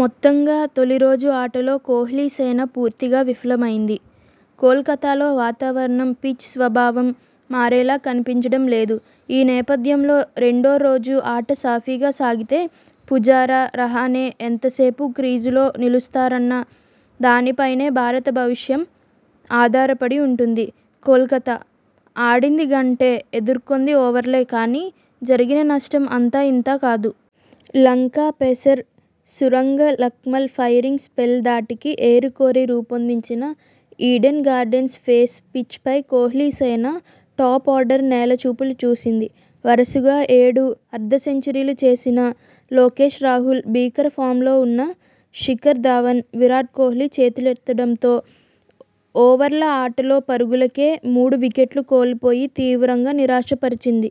మొత్తంగా తొలి రోజు ఆటలో కోహ్లీసేన పూర్తిగా విఫలమైంది! కోల్కతాలో వాతావారణం పిచ్ స్వభావం మారేలా కనిపించడం లేదు! ఈ నేపథ్యంలో రెండో రోజు ఆట సాఫీగా సాగితే పుజారా, రహానె ఎంతసేపు క్రీజులో నిలుస్తారన్న దానిపైనే భారత భవితవ్యం ఆధారపడి ఉంటుంది! కోల్కతా: ఆడింది గంటే ఎదుర్కొంది ఓవర్లే కానీ, జరిగిన నష్టం అంతా ఇంతా కాదు! Lanka pacer Suranga Lakmal firing spell ధాటికి ఏరికోరి రూపొందించినఈడెన్ గార్డెన్స్ పేస్ పిచ్పై కోహ్లీసేన టాపార్డర్ నేల చూపులు చూసింది! వరుసగా ఏడు అర్ధ సెంచరీలు చేసిన లోకేశ్ రాహుల్ భీకర ఫామ్లో ఉన్న శిఖర్ ధవన్, విరాట్ కోహ్లీ చేతులెత్తేడయంతో ఓవర్ల ఆటలో పరుగులకే మూడు వికెట్లు కోల్పోయి తీవ్రంగా నిరాశ పరిచింది!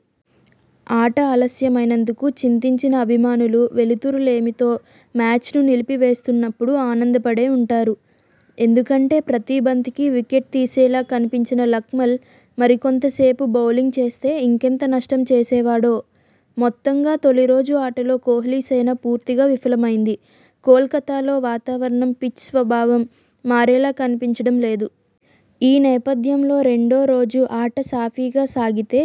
ఆట ఆలస్యమైనందుకు చింతించిన అభిమానులు వెలుతురు లేమితో మ్యాచ్ను నిలిపి వేస్తున్నపుడు ఆనందపడే ఉంటారు! ఎందుకంటే ప్రతీ బంతికి వికెట్ తీసేలా కనిపించిన లక్మల్ మరికొంతసేపు బౌలింగ్ చేస్తే ఇంకెంత నష్టం చేసేవాడో! మొత్తంగా తొలి రోజు ఆటలో కోహ్లీసేన పూర్తిగా విఫలమైంది! కోల్కతాలో వాతావారణం పిచ్ స్వభావం మారేలా కనిపించడం లేదు! ఈ నేపథ్యంలో రెండో రోజు ఆట సాఫీగా సాగితే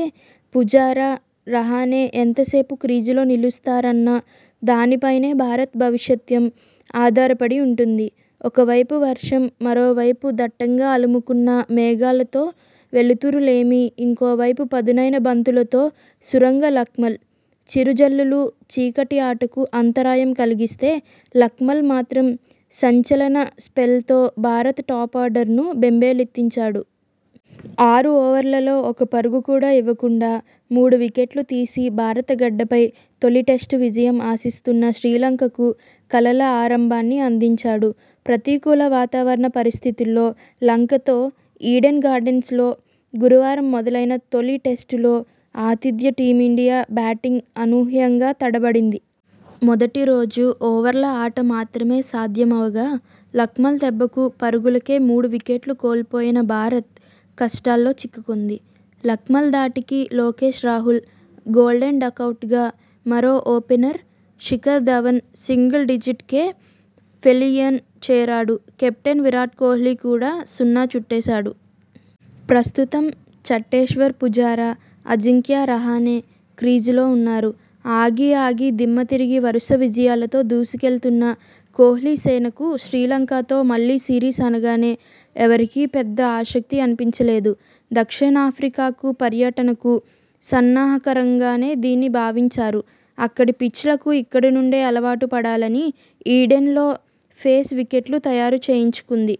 పుజారా, రహానె ఎంతసేపు క్రీజులో నిలుస్తారన్న దానిపైనే భారత భవితవ్యం ఆధారపడి ఉంటుంది! ఒకవైపు వర్షం మరోవైపు దట్టం గా అలముకున్న మేఘాలతో వెలుతురు లేమి ఇంకోవైపు పదునైన బంతులతో సురంగ లక్మ ల్! చిరు జల్లులు చీకటి ఆటకు అంతరాయం కలిగిస్తే లక్మల్ మాత్రం సంచలన స్పెల్తో భారత టాపార్డర్ను బెంబేలెత్తించాడు! ఆరు ఓవర్లలో ఒక్క పరుగు కూడా ఇవ్వకుండా మూడు వికెట్లు తీసి భారత గడ్డపై తొలి టెస్టు విజయం ఆశిస్తున్న శ్రీలంకకు కలల ఆరంభాన్ని అందించాడు! ప్రతికూల వాతావరణ పరిస్థితుల్లో లంకతో ఈడెన్ గార్డెన్స్లో గురువారం మొదలైన తొలి టెస్టులో ఆతిథ్య టీమిండియా బ్యాటింగ్ అనూ హ్యంగా తడబడింది. మొదటి రోజు ఓవర్ల ఆట మాత్రమే సాథ్యమవగా లక్మల్ దెబ్బకు పరుగుల కే మూడు వికెట్లు కోల్పోయిన భారత్ కష్టాల్లో చిక్కు కుంది. లక్మల్ ధాటికి లోకేశ్ రాహుల్ గోల్డెన్ డకౌటవగా మరో ఓపెనర్ శిఖర్ ధవన్ సింగిల్ డిజిట్కే పెవిలియన్ చేరాడు. కెప్టెన్ విరాట్ కోహ్లీ కూడా సున్నా చుట్టేశాడు. ప్రస్తుతం చటేశ్వర్ పుజారా, అజింక్యా రహానె క్రీజులో ఉన్నారు. ఆగి ఆగి దిమ్మతిరిగి వరుస విజయాలతో దూసుకెళ్తున్న కోహ్లీసేనకు శ్రీలంకతో మళ్లీ సిరీస్ అనగానే ఎవరికీ పెద్ద ఆసక్తి అనిపించలేదు. దక్షిణాఫ్రికా పర్యటనకు సన్నాహకంగానే దీన్ని భావించారు. అక్కడి పిచ్లకు ఇక్కడి నుంచే అలవాటు పడాలని ఈడెన్ లో పేస్ వికెట్ను తయారు చేయించుకుంది.